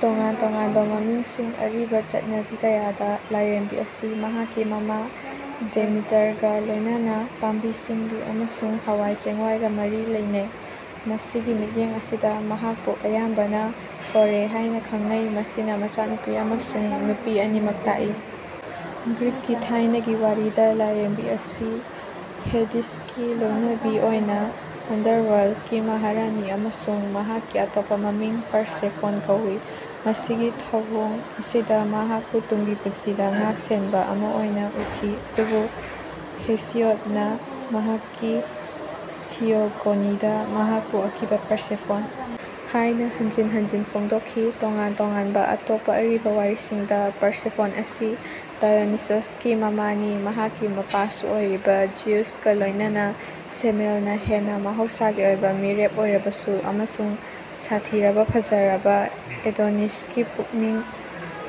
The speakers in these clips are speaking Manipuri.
ꯇꯣꯉꯥꯟ ꯇꯣꯉꯥꯟꯕ ꯃꯃꯤꯡꯁꯤꯡ ꯑꯔꯤꯕ ꯆꯠꯅꯕꯤ ꯀꯌꯥꯗ ꯂꯥꯏꯔꯦꯝꯕꯤ ꯑꯁꯤ ꯃꯍꯥꯛꯀꯤ ꯃꯃꯥ ꯗꯦꯃꯤꯇꯔꯒ ꯂꯣꯏꯅꯅ ꯄꯥꯝꯕꯤ ꯁꯤꯡꯕꯤ ꯑꯃꯁꯨꯡ ꯍꯋꯥꯏ ꯆꯦꯡꯋꯥꯏꯒ ꯃꯔꯤ ꯂꯩꯅꯩ꯫ ꯃꯁꯤꯒꯤ ꯃꯤꯠꯌꯦꯡ ꯑꯁꯤꯗ ꯃꯍꯥꯛꯄꯨ ꯑꯌꯥꯝꯕꯅ ꯀꯣꯔꯦ ꯍꯥꯏꯅ ꯈꯪꯅꯩ ꯃꯁꯤꯅ ꯃꯆꯥꯅꯨꯄꯤ ꯑꯃꯁꯨꯡ ꯅꯨꯄꯤ ꯑꯅꯤꯃꯛ ꯇꯥꯛꯏ꯫ ꯒ꯭ꯔꯤꯛꯀꯤ ꯊꯥꯏꯅꯒꯤ ꯋꯥꯔꯤꯗ ꯂꯥꯏꯔꯦꯝꯕꯤ ꯑꯁꯤ ꯍꯦꯗꯤꯁꯀꯤ ꯂꯣꯏꯅꯕꯤ ꯑꯣꯏꯅ ꯑꯟꯗꯔꯋ꯭ꯥꯔꯜꯗꯀꯤ ꯃꯍꯥꯔꯥꯅꯤ ꯑꯃꯁꯨꯡ ꯃꯍꯥꯛꯀꯤ ꯑꯇꯣꯞꯄ ꯃꯃꯤꯡ ꯄꯔꯁꯦꯐꯣꯟ ꯀꯧꯋꯤ꯫ ꯃꯁꯤꯒꯤ ꯊꯧꯑꯣꯡ ꯑꯁꯤꯗ ꯃꯍꯥꯛꯄꯨ ꯇꯨꯡꯒꯤ ꯄꯨꯟꯁꯤꯗ ꯉꯥꯛꯁꯦꯟꯕ ꯑꯃ ꯑꯣꯏꯅ ꯎꯈꯤ ꯑꯗꯨꯕꯨ ꯍꯦꯁꯤꯌꯣꯗꯅ ꯃꯍꯥꯛꯀꯤ ꯊꯤꯌꯣꯒꯣꯅꯤꯗ ꯃꯍꯥꯛꯄꯨ ꯑꯀꯤꯕ ꯄꯔꯁꯦꯐꯣꯟ ꯍꯥꯏꯅ ꯍꯟꯖꯤꯟ ꯍꯟꯖꯤꯟ ꯐꯣꯡꯗꯣꯛꯈꯤ꯫ ꯇꯣꯉꯥꯟ ꯇꯣꯉꯥꯟꯕ ꯑꯇꯣꯞꯄ ꯑꯔꯤꯕ ꯋꯥꯔꯤꯁꯤꯡꯗ ꯄꯔꯁꯦꯐꯣꯟ ꯑꯁꯤ ꯗꯥꯏꯑꯣꯅꯤꯁꯣꯁꯀꯤ ꯃꯃꯥꯅꯤ ꯃꯍꯥꯛꯀꯤ ꯃꯄꯥꯁꯨ ꯑꯣꯏꯔꯤꯕ ꯖꯤꯎꯁꯀ ꯂꯣꯏꯅꯅ ꯁꯦꯃꯦꯜꯅ ꯍꯦꯟꯅ ꯃꯍꯧꯁꯥꯒꯤ ꯑꯣꯏꯕ ꯃꯤꯔꯦꯞ ꯑꯣꯏꯔꯕꯁꯨ ꯑꯃꯁꯨꯡ ꯁꯥꯊꯤꯔꯕ ꯐꯖꯔꯕ ꯑꯦꯗꯣꯅꯤꯁꯀꯤ ꯄꯨꯛꯅꯤꯡ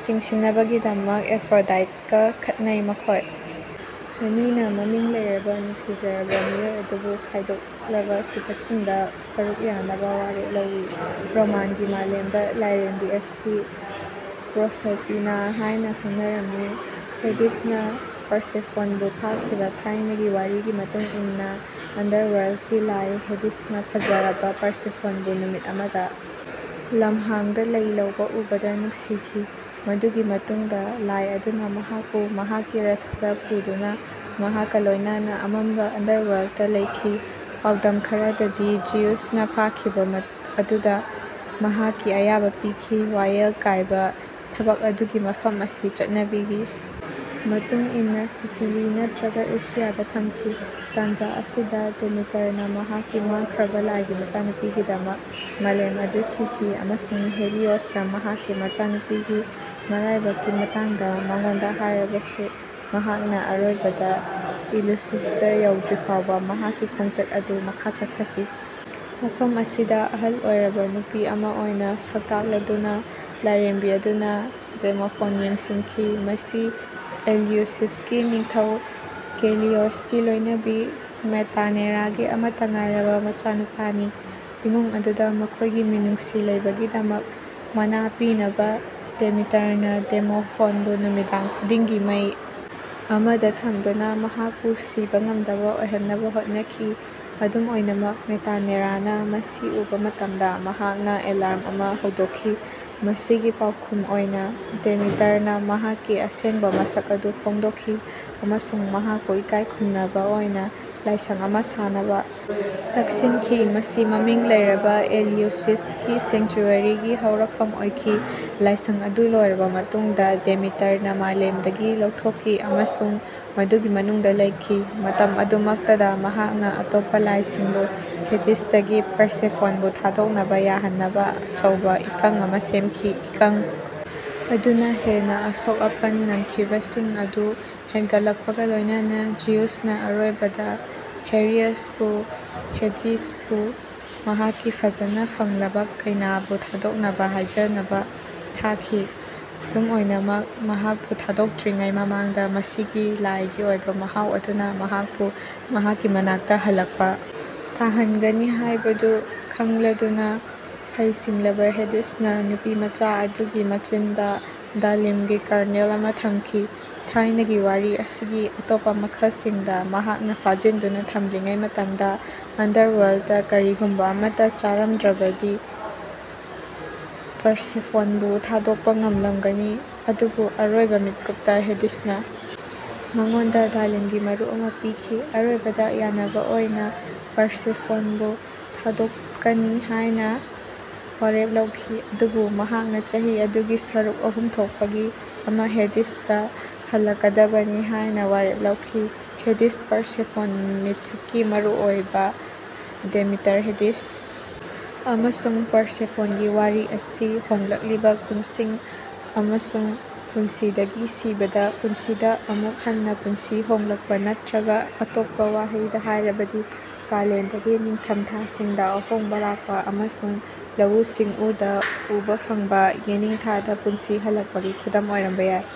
ꯆꯤꯡꯁꯤꯟꯅꯕꯒꯤꯗꯃꯛ ꯑꯦꯐ꯭ꯔꯣꯗꯥꯏꯠꯀ ꯈꯠꯅꯩ ꯃꯈꯣꯏ ꯑꯅꯤꯅ ꯃꯃꯤꯡ ꯂꯩꯔꯕ ꯅꯨꯡꯁꯤꯖꯔꯕ ꯃꯤꯑꯣꯏ ꯑꯗꯨꯕꯨ ꯈꯥꯏꯗꯣꯛꯂꯕ ꯁꯤꯐꯠꯁꯤꯡꯗ ꯁꯔꯨꯛ ꯌꯥꯅꯕ ꯋꯥꯔꯦꯞ ꯂꯧꯋꯤ꯫ ꯔꯣꯃꯥꯟꯒꯤ ꯃꯥꯂꯦꯝꯗ ꯂꯥꯏꯔꯦꯝꯕꯤ ꯑꯁꯤ ꯄ꯭ꯔꯣꯁꯔꯄꯤꯅꯥ ꯍꯥꯏꯅ ꯈꯪꯅꯔꯝꯃꯤ꯫ ꯍꯦꯗꯤꯁꯅ ꯄꯔꯁꯦꯐꯣꯟꯕꯨ ꯐꯥꯈꯤꯕ ꯊꯥꯏꯅꯒꯤ ꯋꯥꯔꯤꯒꯤ ꯃꯇꯨꯡ ꯏꯟꯅ ꯑꯟꯗꯔꯋ꯭ꯥꯔꯜꯗꯀꯤ ꯂꯥꯏ ꯍꯦꯗꯤꯁꯅ ꯐꯖꯔꯕ ꯄꯔꯁꯦꯐꯣꯟꯕꯨ ꯅꯨꯃꯤꯠ ꯑꯃꯗ ꯂꯝꯍꯥꯡꯗ ꯂꯩ ꯂꯧꯕ ꯎꯕꯗ ꯅꯨꯡꯁꯤꯈꯤ꯫ ꯃꯗꯨꯒꯤ ꯃꯇꯨꯡꯗ ꯂꯥꯏ ꯑꯗꯨꯅ ꯃꯍꯥꯛꯄꯨ ꯃꯍꯥꯛꯀꯤ ꯔꯊꯇ ꯄꯨꯗꯨꯅ ꯃꯍꯥꯛꯀ ꯂꯣꯏꯅꯅ ꯑꯃꯝꯕ ꯑꯟꯗꯔꯋ꯭ꯥꯔꯜꯗꯇ ꯂꯩꯈꯤ꯫ ꯄꯥꯎꯗꯝ ꯈꯔꯗꯗꯤ ꯖꯤꯎꯁꯅ ꯐꯥꯈꯤꯕ ꯑꯗꯨꯗ ꯃꯍꯥꯛꯀꯤ ꯑꯌꯥꯕ ꯄꯤꯈꯤ ꯋꯥꯌꯦꯜ ꯀꯥꯏꯕ ꯊꯕꯛ ꯑꯗꯨꯒꯤ ꯃꯐꯝ ꯑꯁꯤ ꯆꯠꯅꯕꯤꯒꯤ ꯃꯇꯨꯡ ꯏꯟꯅ ꯁꯤꯁꯤꯂꯤ ꯅꯠꯇ꯭ꯔꯒ ꯑꯦꯁꯤꯌꯥꯗ ꯊꯝꯈꯤ꯫ ꯇꯥꯟꯖ ꯑꯁꯤꯗ ꯗꯦꯃꯤꯇꯔꯅ ꯃꯍꯥꯛꯀꯤ ꯃꯥꯡꯈ꯭ꯔꯕ ꯂꯥꯏꯒꯤ ꯃꯆꯥꯅꯨꯄꯤꯒꯤꯗꯃꯛ ꯃꯥꯂꯦꯝ ꯑꯗꯨ ꯊꯤꯈꯤ ꯑꯃꯁꯨꯡ ꯍꯦꯂꯤꯑꯣꯁꯅ ꯃꯍꯥꯛꯀꯤ ꯃꯆꯥꯅꯨꯄꯤꯒꯤ ꯃꯔꯥꯏꯕꯛꯀꯤ ꯃꯇꯥꯡꯗ ꯃꯉꯣꯟꯗ ꯍꯥꯏꯔꯕꯁꯨ ꯃꯍꯥꯛꯅ ꯑꯔꯣꯏꯕꯗ ꯏꯂꯨꯁꯤꯁꯇ ꯌꯧꯗ꯭ꯔꯤꯐꯥꯎꯕ ꯃꯍꯥꯛꯀꯤ ꯈꯣꯡꯆꯠ ꯑꯗꯨ ꯃꯈꯥ ꯆꯠꯊꯈꯤ꯫ ꯃꯐꯝ ꯑꯁꯤꯗ ꯑꯍꯜ ꯑꯣꯏꯔꯕ ꯅꯨꯄꯤ ꯑꯃ ꯑꯣꯏꯅ ꯁꯛꯇꯥꯛꯂꯗꯨꯅ ꯂꯥꯏꯔꯦꯝꯕꯤ ꯑꯗꯨꯅ ꯗꯦꯃꯣꯐꯣꯟ ꯌꯦꯡꯁꯤꯟꯈꯤ ꯃꯁꯤ ꯑꯦꯂꯤꯎꯁꯤꯁꯀꯤ ꯅꯤꯡꯊꯧ ꯀꯦꯂꯤꯑꯣꯁꯀꯤ ꯂꯣꯏꯅꯕꯤ ꯃꯦꯇꯥꯅꯦꯔꯥꯒꯤ ꯑꯃꯠꯇ ꯉꯥꯏꯔꯕ ꯃꯆꯥꯅꯨꯄꯥꯅꯤ꯫ ꯏꯃꯨꯡ ꯑꯗꯨꯗ ꯃꯈꯣꯏꯒꯤ ꯃꯤꯅꯨꯡꯁꯤ ꯂꯩꯕꯒꯤꯗꯃꯛ ꯃꯅꯥ ꯄꯤꯅꯕ ꯗꯦꯃꯤꯇꯔꯅ ꯗꯦꯃꯣꯐꯣꯟꯕꯨ ꯅꯨꯃꯤꯗꯥꯡ ꯈꯨꯗꯤꯡꯒꯤ ꯃꯩ ꯑꯃꯗ ꯊꯝꯗꯨꯅ ꯃꯍꯥꯛꯄꯨ ꯁꯤꯕ ꯉꯝꯗꯕ ꯑꯣꯏꯍꯟꯅꯕ ꯍꯣꯠꯅꯈꯤ꯫ ꯑꯗꯨꯝ ꯑꯣꯏꯅꯃꯛ ꯃꯦꯇꯥꯅꯦꯔꯥꯅ ꯃꯁꯤ ꯎꯕ ꯃꯇꯝꯗ ꯃꯍꯥꯛꯅ ꯑꯦꯂꯥꯔꯝ ꯑꯃ ꯍꯧꯗꯣꯛꯈꯤ꯫ ꯃꯁꯤꯒꯤ ꯄꯥꯎꯈꯨꯝ ꯑꯣꯏꯅ ꯗꯦꯃꯤꯇꯔꯅ ꯃꯍꯥꯛꯀꯤ ꯑꯁꯦꯡꯕ ꯃꯁꯛ ꯑꯗꯨ ꯐꯣꯡꯗꯣꯛꯈꯤ ꯑꯃꯁꯨꯡ ꯃꯍꯥꯛꯄꯨ ꯏꯀꯥꯏꯈꯨꯝꯅꯕ ꯑꯣꯏꯅ ꯂꯥꯏꯁꯪ ꯑꯃ ꯁꯥꯅꯕ ꯇꯛꯁꯤꯟꯈꯤ꯫ ꯃꯁꯤ ꯃꯃꯤꯡ ꯂꯩꯔꯕ ꯑꯦꯂꯤꯎꯁꯤꯁꯀꯤ ꯁꯦꯡꯆꯨꯑꯔꯤꯒꯤ ꯍꯧꯔꯛꯐꯝ ꯑꯣꯏꯈꯤ꯫ ꯂꯥꯏꯁꯪ ꯑꯗꯨ ꯂꯣꯏꯔꯕ ꯃꯇꯨꯡꯗ ꯗꯦꯃꯤꯇꯔꯅ ꯃꯥꯂꯦꯝꯗꯒꯤ ꯂꯧꯊꯣꯛꯈꯤ ꯑꯃꯁꯨꯡ ꯃꯗꯨꯒꯤ ꯃꯅꯨꯡꯗ ꯂꯩꯈꯤ ꯃꯇꯝ ꯑꯗꯨꯃꯛꯇꯗ ꯃꯍꯥꯛꯅ ꯑꯇꯣꯞꯄ ꯂꯥꯏꯁꯤꯡꯕꯨ ꯍꯦꯗꯤꯁꯇꯒꯤ ꯄꯔꯁꯦꯐꯣꯟꯕꯨ ꯊꯥꯗꯣꯛꯅꯕ ꯌꯥꯍꯟꯅꯕ ꯑꯆꯧꯕ ꯏꯀꯪ ꯑꯃ ꯁꯦꯝꯈꯤ꯫ ꯏꯀꯪ ꯑꯗꯨꯅ ꯍꯦꯟꯅ ꯑꯁꯣꯛ ꯑꯄꯟ ꯅꯪꯈꯤꯕꯁꯤꯡ ꯑꯗꯨ ꯍꯦꯟꯒꯠꯂꯛꯄꯒ ꯂꯣꯏꯅꯅ ꯖꯤꯎꯁꯅ ꯑꯔꯣꯏꯕꯗ ꯍꯦꯔꯤꯌꯁꯄꯨ ꯍꯦꯗꯤꯁꯄꯨ ꯃꯍꯥꯛꯀꯤ ꯐꯖꯅ ꯐꯪꯂꯕ ꯀꯩꯅꯥꯕꯨ ꯊꯥꯗꯣꯛꯅꯕ ꯍꯥꯏꯖꯅꯕ ꯊꯥꯈꯤ꯫ ꯑꯗꯨꯝ ꯑꯣꯏꯅꯃꯛ ꯃꯍꯥꯛꯄꯨ ꯊꯥꯗꯣꯛꯇ꯭ꯔꯤꯉꯩ ꯃꯃꯥꯡꯗ ꯃꯁꯤꯒꯤ ꯂꯥꯏꯒꯤ ꯑꯣꯏꯕ ꯃꯍꯥꯎ ꯑꯗꯨꯅ ꯃꯍꯥꯛꯄꯨ ꯃꯍꯥꯛꯀꯤ ꯃꯅꯥꯛꯇ ꯍꯜꯂꯛꯄ ꯇꯥꯍꯟꯒꯅꯤ ꯍꯥꯏꯕꯗꯨ ꯈꯡꯂꯗꯨꯅ ꯍꯩ ꯁꯤꯡꯂꯕ ꯍꯦꯗꯤꯁꯅ ꯅꯨꯄꯤꯃꯆꯥ ꯑꯗꯨꯒꯤ ꯃꯆꯤꯟꯗ ꯗꯥꯂꯤꯝꯒꯤ ꯀꯔꯅꯦꯜ ꯑꯃ ꯊꯝꯈꯤ꯫ ꯊꯥꯏꯅꯒꯤ ꯋꯥꯔꯤ ꯑꯁꯤꯒꯤ ꯑꯇꯣꯞꯄ ꯃꯈꯜꯁꯤꯡꯗ ꯃꯍꯥꯛꯅ ꯐꯥꯖꯤꯟꯗꯨꯅ ꯊꯝꯂꯤꯉꯩ ꯃꯇꯝꯗ ꯑꯟꯗꯔꯋ꯭ꯥꯔꯜꯗꯇ ꯀꯔꯤꯒꯨꯝꯕ ꯑꯃꯠꯇ ꯆꯥꯔꯝꯗ꯭ꯔꯕꯗꯤ ꯄꯔꯁꯦꯐꯣꯟꯕꯨ ꯊꯥꯗꯣꯛꯄ ꯉꯝꯂꯝꯒꯅꯤ ꯑꯗꯨꯕꯨ ꯑꯔꯣꯏꯕ ꯃꯤꯀꯨꯞꯇ ꯍꯦꯗꯤꯁꯅ ꯃꯉꯣꯟꯗ ꯗꯥꯂꯤꯝꯒꯤ ꯃꯔꯨ ꯑꯃ ꯄꯤꯈꯤ꯫ ꯑꯔꯣꯏꯕꯗ ꯌꯥꯅꯕ ꯑꯃ ꯑꯣꯏꯅ ꯄꯔꯁꯦꯐꯣꯟꯕꯨ ꯊꯥꯗꯣꯛꯀꯅꯤ ꯍꯥꯏꯅ ꯋꯥꯔꯦꯞ ꯂꯧꯈꯤ ꯑꯗꯨꯕꯨ ꯃꯍꯥꯛꯅ ꯆꯍꯤ ꯑꯗꯨꯒꯤ ꯁꯔꯨꯛ ꯑꯍꯨꯝ ꯊꯣꯛꯄꯒꯤ ꯑꯃ ꯍꯦꯗꯤꯁꯇ ꯍꯜꯂꯛꯀꯗꯕꯅꯤ ꯍꯥꯏꯅ ꯋꯥꯔꯦꯞ ꯂꯧꯈꯤ꯫ ꯍꯦꯗꯤꯁ ꯄꯔꯁꯦꯐꯣꯟ ꯃꯤꯊꯀꯤ ꯃꯔꯨꯑꯣꯏꯕ ꯗꯦꯃꯤꯇꯔ ꯍꯦꯗꯤꯁ ꯑꯃꯁꯨꯡ ꯄꯔꯁꯦꯐꯣꯟꯒꯤ ꯋꯥꯔꯤ ꯑꯁꯤ ꯍꯣꯡꯂꯛꯂꯤꯕ ꯀꯨꯝꯁꯤꯡ ꯑꯃꯁꯨꯡ ꯄꯨꯟꯁꯤꯗꯒꯤ ꯁꯤꯕꯗ ꯄꯨꯟꯁꯤꯗ ꯑꯃꯨꯛ ꯍꯟꯅ ꯄꯨꯟꯁꯤ ꯍꯣꯡꯂꯛꯄ ꯅꯠꯇ꯭ꯔꯒ ꯑꯇꯣꯞꯄ ꯋꯥꯍꯩꯗ ꯍꯥꯏꯔꯕꯗꯤ ꯀꯥꯂꯦꯟꯗꯒꯤ ꯅꯤꯡꯊꯝ ꯊꯥꯁꯤꯡꯗ ꯑꯍꯣꯡꯕ ꯂꯥꯛꯄ ꯑꯃꯁꯨꯡ ꯂꯧꯎ ꯁꯤꯡꯎꯗ ꯎꯕ ꯐꯪꯕ ꯌꯦꯅꯤꯡꯊꯥꯗ ꯄꯨꯟꯁꯤ ꯍꯜꯂꯛꯄꯒꯤ ꯈꯨꯗꯝ ꯑꯣꯏꯔꯝꯕ ꯌꯥꯏ ꯫